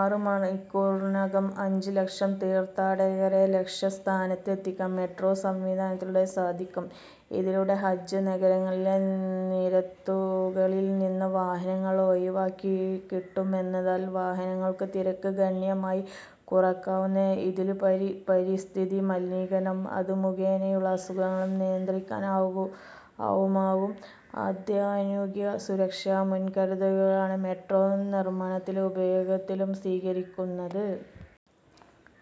ആറ് മണിക്കൂറിനകം അഞ്ച് ലക്ഷം തീർത്ഥാടകരെ ലക്ഷ്യ സ്ഥാനത്തെത്തിക്കാൻ മെട്രോ സംവിധാനത്തിലൂടെ സാധിക്കും. ഇതിലൂടെ ഹജ്ജ് നഗരങ്ങളിലെ നിരത്തുകളിൽ നിന്ന് വാഹനങ്ങൾ ഒഴിവായിക്കിട്ടുമെന്നതിനാൽ വാഹനങ്ങളുടെ തിരക്ക് ഗണ്യമായി കുറക്കാനാവും. ഇതിലുപരി പരിസ്ഥിതി മലിനീകരണവും അത് മുഖേനയുള്ള അസുഖങ്ങളും നിയന്ത്രിക്കാനുമാവും. അത്യാധുനിക സുരക്ഷാ മുൻകരുതലുകളാണ് മെട്രോ നിർമ്മാണത്തിലും ഉപയോഗത്തിലും സ്വീകരിച്ചിരിക്കുന്നത്.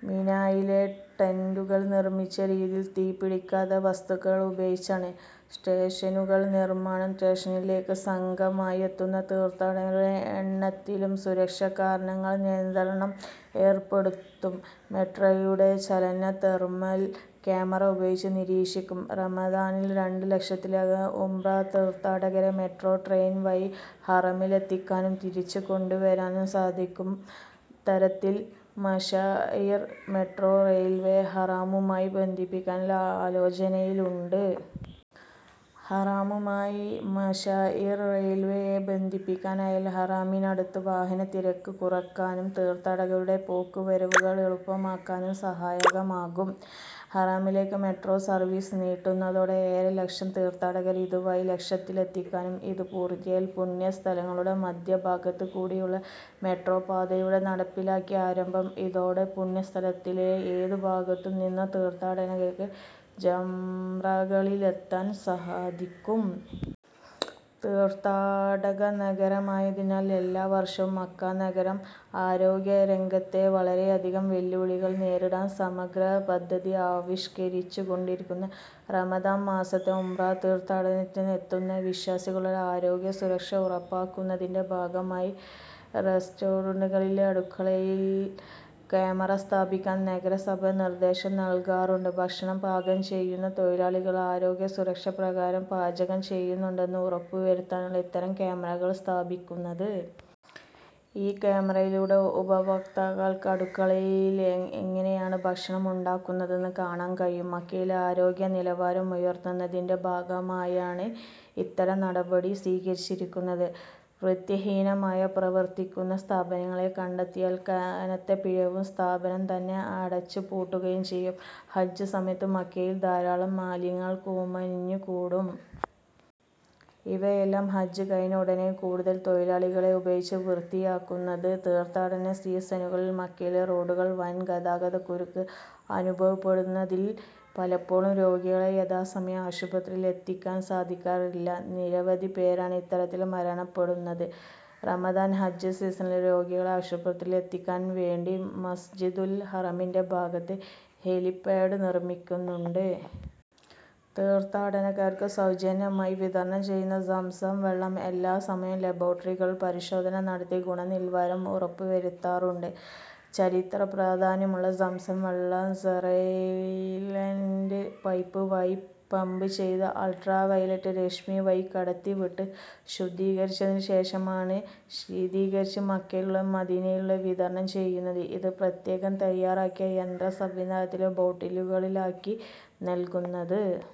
മിനയിലെ ടെന്റുകൾ നിർമ്മിച്ച രീതിയിൽ തീ പിടിക്കാത്ത വസ്തുക്കൾ ഉപയോഗിച്ചാണ് സ്റ്റേഷനുകളുടെ നിർമ്മാണം. സ്റ്റേഷനിലേക്ക് സംഘമായെത്തുന്ന തീർത്ഥാടകരുടെ എണ്ണത്തിലും സുരക്ഷാ കാരണങ്ങളാൽ നിയന്ത്രണം ഏർപ്പെടുത്തും. മെട്രോയുടെ ചലനങ്ങൾ തെർമൽ ക്യാമറ ഉപയോഗിച്ച് നിരീക്ഷിക്കും. റമദാനിൽ രണ്ട് ലക്ഷത്തിലധികം ഉംറ തീർഥാടകരെ മെട്രോ ട്രെയിൻ വഴി ഹറമിലത്തിക്കാനും തിരിച്ചുകൊണ്ടുവരാനും സാധിക്കുന്ന തരത്തിൽ മശാഇർ മെട്രോ റെയിൽവേയെ ഹറമുമായി ബന്ധിപ്പിക്കാനുള്ള ആലോചനയി ലുണ്ട്. ഹറമുമായി മശാഇർ റെയിൽവേയെ ബന്ധിപ്പിക്കാനായാൽ ഹറമിനടുത്ത് വാഹന തിരക്ക് കുറക്കാനും തീർഥാടകരുടെ പോക്കുവരവുകൾ എളുപ്പമാക്കാനും സഹായകമാകും. ഹറമിലേക്ക് മെട്രോ സർവീസ് നീട്ടുന്നതോടെ ഏഴര ലക്ഷം തീർഥാടകരെ ഇതു വഴി ലക്ഷ്യത്തിലെത്തിക്കാനാവും. ഇത് പൂർത്തിയായാൽ പുണ്യ സ്ഥലങ്ങളുടെ മധ്യ ഭാഗത്ത് കൂടിയുള്ള മെട്രോപാതയുടെ നടപ്പിലാക്കിയ ആരംഭം ഇതോടെ പുണ്യ സ്ഥലങ്ങളിലെ ഏത് ഭാഗത്ത് നിന്നും തീർഥാടകർക്ക് ജംറകളിലത്തൊൻ സാധിക്കും. തീർത്ഥാടക നഗരമായതിനാൽ എല്ലാ വർഷവും മക്ക നഗരം ആരോഗ്യ രംഗത്തെ വളരെയധികം വെല്ലുവിളികൾ നേരിടാൻ സമഗ്ര പദ്ധതികൾ ആവിഷ്കരിച്ചു കൊണ്ടിരിക്കുന്നു. റമദാൻ മാസത്തിൽ ഉംറ തീർത്ഥാടനത്തിനെത്തുന്ന വിശ്വാസികളുടെ ആരോഗ്യ സുരക്ഷ ഉറപ്പാക്കുന്നതിന്റെ ഭാഗമായി റസ്റോറന്റുകളിലെ അടുക്കളയിൽ കാമറ സ്ഥാപിക്കാൻ നഗരസഭ നിർദ്ദേശം നൽകാറുണ്ട്. ഭക്ഷണം പാകം ചെയ്യുന്ന തൊഴിലാളികൾ ആരോഗ്യ സുരക്ഷാ പ്രകാരം പാചകം ചെയ്യുന്നുണ്ടെന്ന് ഉറപ്പ് വരുത്താനാണ് ഇത്തരം കാമറകൾ സ്ഥാപിക്കുന്നത്. ഈ കാമറയിലൂടെ ഉപഭോക്താക്കൾക്ക് അടുക്കളയിൽ എങ്ങനെയാണ് ഭക്ഷണം ഉണ്ടാക്കുന്നതെന്ന് കാണാൻ കഴിയും. മക്കയിലെ ആരോഗ്യ നിലവാരം ഉയർത്തുന്നതിന്റെ ഭാഗമായാണ് ഇത്തരം നടപടി സ്വീകരിച്ചിരിക്കുന്നത്. വൃത്തിഹീനമായി പ്രവർത്തിക്കുന്ന സ്ഥാപനങ്ങളെ കണ്ടെത്തിയാൽ കനത്ത പിഴയും സ്ഥാപനം തന്നെ അടച്ച് പൂട്ടുകയും ചെയ്യും. ഹജ്ജ് സമയത്ത് മക്കയിൽ ധാരാളം മാലിന്യങ്ങൾ കുമിഞ്ഞു കൂടും ഇവയെല്ലാം ഹജ്ജ് കഴിഞ്ഞ ഉടനെ കൂടുതൽ തൊഴിലാളികളെ ഉപയോഗിച്ചാണ് വൃത്തിയാക്കുന്നത്. തീർത്ഥാടന സീസണുകളിൽ മക്കയിലെ റോഡുകളിൽ വൻ ഗതാഗത കുരുക്ക് അനുഭവപ്പെടുന്നതിനാൽ പലപ്പോഴും രോഗികളെ യഥാസമയം ആശുപത്രികളിലെത്തിക്കാൻ സാധിക്കാറില്ല. നിരവധി പേരാണ് ഇത്തരത്തിൽ മരണപ്പെടുന്നത്. റമദാൻ, ഹജ്ജ് സീസണിൽ രോഗികളെ ആശുപത്രിയിലെത്തിക്കാൻ വേണ്ടി മസ്ജിദുൽ ഹറമിന്റെ ഭാഗത്ത് ഹെലിപാഡ് നിർമ്മിക്കുന്നുണ്ട്. തീർത്ഥാടകർക്ക് സൌജന്യമായി വിതരണം ചെയ്യുന്ന സംസം വെള്ളം എല്ലാ സമയവും ലാബോറട്ടറികളിൽ പരിശോധന നടത്തി ഗുണനിലവാരം ഉറപ്പ് വരുത്താറുണ്ട്. ചരിത്ര പ്രാധാന്യമുള്ള സംസം വെള്ളം സ്റെയിൻലസ് പൈപ്പ് വഴി പമ്പ് ചെയ്ത് അൾട്രാ വൈലറ്റ് രശ്മി വഴി കടത്തി വിട്ട് ശുദ്ധീകരിച്ചതിന് ശേഷമാണ് ശീതീകരിച്ച് മക്കയിലും മദീനയിലും വിതരണം ചെയ്യുന്നത്. ഇത് പ്രത്യേകം തയ്യാറാക്കിയ യന്ത്ര സംവിധാനത്തിൽ ബോട്ടിലുകളിലാക്കിയും നൽകുന്നത്